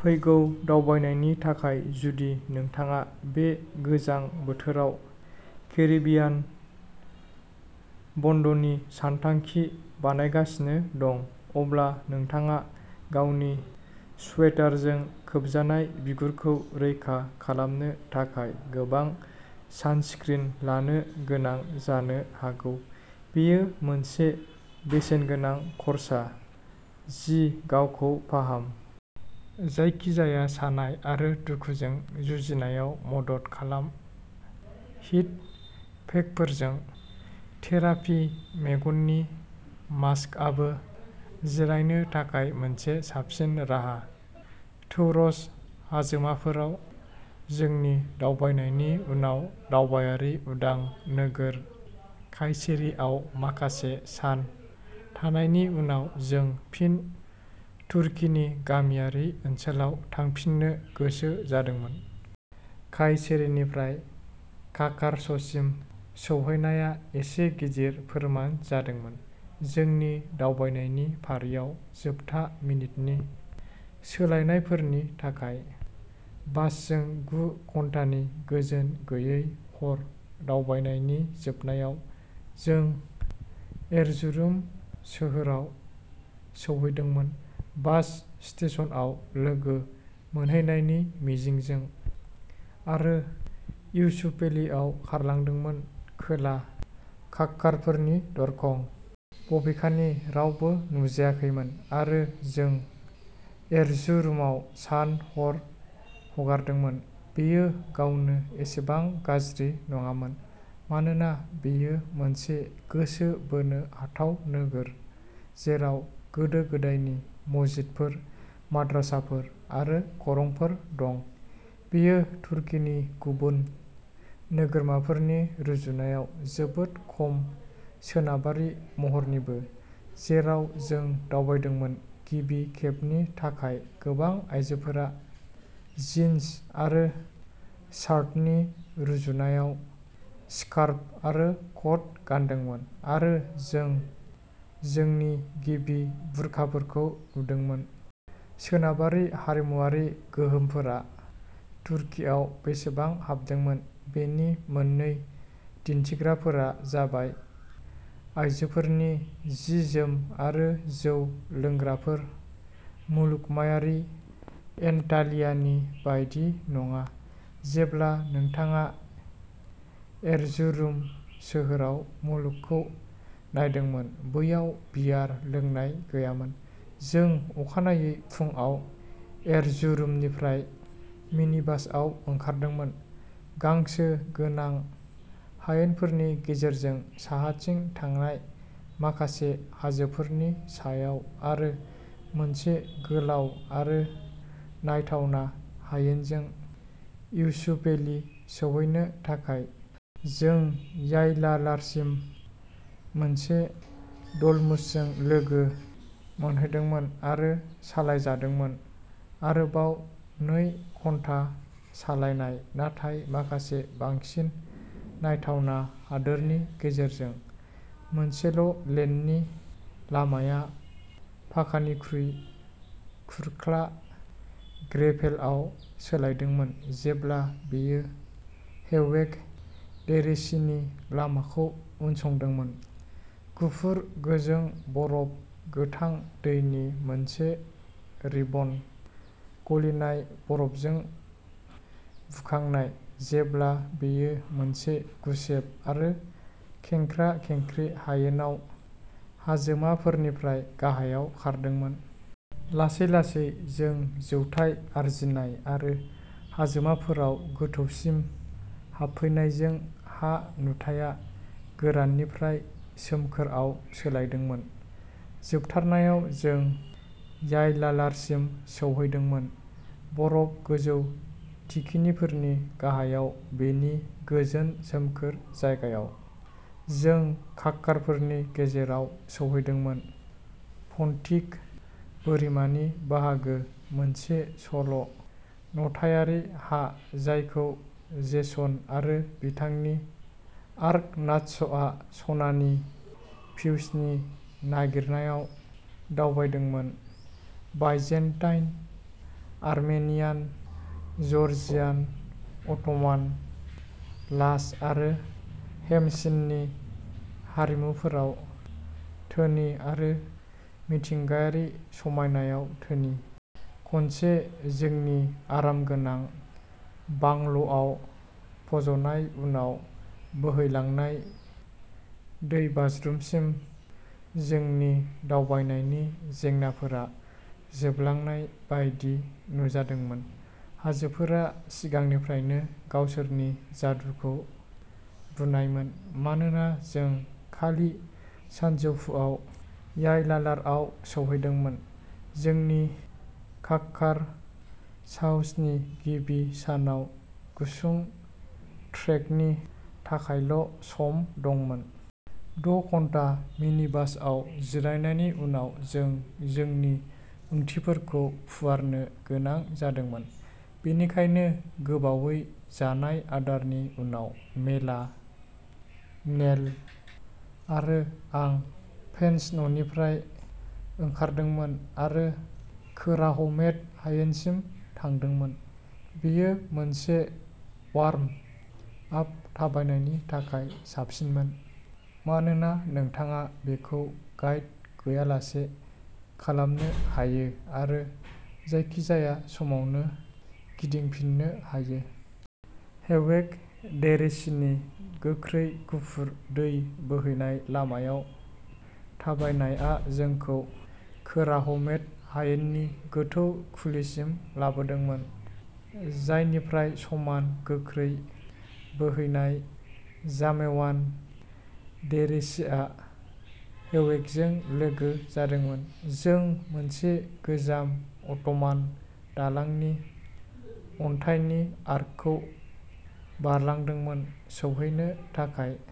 फैगौ दावबायनायनि थाखाय जुदि नोंथाङा बे गोजां बोथोराव केरिबियान बन्द'नि सानथांखि बानायगासिनो दं, अब्ला नोंथाङा गावनि स्वेटारजों खोबजानाय बिगुरखौ रैखा खालामनो थाखाय गोबां सानस्क्रिन लानो गोनां जानो हागौ। बेयो मोनसे बेसेनगोनां खर्सा। जि गावखौ फाहाम। जायखिजाया सानाय आरो दुखुजों जुजिनायाव मदद खालाम हिट पेकफोरजों। थेरापि मेगननि मास्कआबो जिरायनो थाखाय मोनसे साबसिन राहा। टौरस हाजोमाफोराव जोंनि दावबायनायनि उनाव दावबायारि उदां नोगोर कायसेरीआव माखासे सान थानायनि उनाव, जों फिन तुर्कीनि गामियारि ओनसोलाव थांफिननो गोसो जादोंमोन। कायसेरीनिफ्राय काकार्ससिम सौहैनाया एसे गिदिर फोरमान जादोंमोन, जोंनि दावबायनायनि फारियाव जोबथा मिनिटनि सोलायनायफोरनि थाखाय। बासजों गु घन्टानि गोजोन गैयै हर दावबायनायनि जोबनायाव, जों एरजुरुम सोहोराव सौहैदोंमोन, बास स्टेशनआव लोगो मोनहैनायनि मिजिंजों। आरो इउसुफेलिआव खारलांदोंमोन, खोला काक्कारफोरनि दरखं। बबेखानि, रावबो नुजायाखैमोन आरो जों एरजुरुमाव सान-हर हगारदोंमोन। बेयो गावनो एसेबां गाज्रि नङामोन, मानोना बेयो मोनसे गोसो बोनो हाथाव नोगोर, जेराव गोदो-गोदायनि मस्जिदफोर, माद्रासाफोर आरो खरंफोर दं। बेयो तुर्कीनि गुबुन नोगोरमाफोरनि रुजुनायाव जोबोद खम सोनाबारि महरनिबो, जेराव जों दावबायदोंमोन-गिबि खेबनि थाखाय गोबां आयजोफोरा जिन्स आरो शार्टनि रुजुनायाव स्कार्फ आरो कट गानदोंमोन, आरो जों जोंनि गिबि बुरखाफोरखौ नुदोंमोन। सोनाबारि हारिमुआरि गोहोमफोरा तुर्कीआव बेसेबां हाबदोंमोन बेनि मोननै दिन्थिग्राफोरा जाबाय आयजोफोरनि जि-जोम आरो जौ लोंग्राफोर-मुलुगमायारि एन्टालियानि बायदि नङा, जेब्ला नोंथाङा एरजुरुम सोहोराव मुलुगखौ नायदोंमोन, बैयाव बियार लोंनाय गैयामोन। जों अखानायै फुंआव एरजुरुमनिफ्राय मिनिबासआव ओंखारदोंमोन, गांसो गोनां हायेनफोरनि गेजेरजों साहाथिं थांनाय, माखासे हाजोफोरनि सायाव आरो मोनसे गोलाव आरो नायथावना हायेनजों इउसुफेलि सौहैनो थाखाय। जों यायलालारसिम मोनसे डल्मुसजों लोगो मोनहैदोंमोन आरो सालायजादोंमोन आरोबाव नै घन्टा सालायनाय, नाथाय माखासे बांसिन नायथावना हादोरनि गेजेरजों। मोनसेल' लेननि लामाया पाकानिफ्राय खुरख्ला ग्रेभेलआव सोलायदोंमोन जेब्ला बेयो हेवेक डेरेसिनि लामाखौ उनसंदोंमोन, गुफुर-गोजों बरफ गोथां दैनि मोनसे रिबन, गलिनाय बरफजों बुखांनाय, जेब्ला बेयो मोनसे गुसेब आरो खेंख्रा-खेंख्रि हायेनआव हाजोमाफोरनिफ्राय गाहायाव खारदोंमोन। लासै-लासै, जों जौथाय आरजिनाय आरो हाजोमाफोराव गोथौसिम हाबफैनायजों हा नुथाया गोराननिफ्राय सोमखोरआव सोलायदोंमोन, जोबथारनायाव जों यायलालारसिम सौहैदोंमोन, बरफ गोजौ थिखिनिफोरनि गाहायाव बेनि गोजोन सोमखोर जायगायाव। जों काक्कारफोरनि गेजेराव सौहैदोंमोन, पन्टिक बोरिमानि बाहागो मोनसे सल' नथायारि हा जायखौ जेसन आरो बिथांनि आर्ग'नाट्सआ सनानि फिउसनि नागिरनायाव दावबायदोंमोन, बाइजेन्टाइन, आर्मेनियान, जर्जियान, अट'मान, लाज आरो हेमसिननि हारिमुफोराव धोनि आरो मिथिंगायारि समायनायाव धोनि। खनसे जोंनि आरामगोनां बांल'आव फज'नाय उनाव बोहैलांनाय दैबाज्रुमसिम, जोंनि दावबायनायनि जेंनाफोरा जोबलांनाय बायदि नुजादोंमोन। हाजोफोरा सिगांनिफ्रायनो गावसोरनि जादुखौ बुनायमोन। मानोना जों खालि सानजौफुआव यायलालारआव सौहैदोंमोन, जोंनि काक्कार साहसनि गिबि सानाव गुसुं ट्रेकनि थाखायल'सम दंमोन। द' घन्टा मिनिबासआव जिरायनायनि उनाव जों जोंनि आथिंफोरखौ फुवारनो गोनां जादोंमोन, बेनिखायनो गोबावै जानाय आदारनि उनाव मेला नेल्ल' आरो आं पेन्सननिफ्राय ओंखारदोंमोन आरो कोराहमेट हायेनसिम थांदोंमोन। बेयो मोनसे वार्म आप थाबायनायनि थाखाय साबसिनमोन मानोना नोंथाङा बेखौ गाइड गैयालासे खालामनो हायो आरो जायखिजाया समावनो गिदिंफिन्नो हायो। हेवेक डेरेसिनि गोख्रै गुफुर दै बोहैनाय लामायाव थाबायनायआ जोंखौ कोराहमेट हायेननि गोथौ खुलिसिम लाबोदोंमोन, जायनिफ्राय समान गोख्रै बोहैनाय जामेवान डेरेसिआ हेवेकजों लोगो जादोंमोन। जों मोनसे गोजाम अट'मान दालांनि अन्थाइनि आर्कखौ बारलांदोंमोन सौहैनो थाखाय।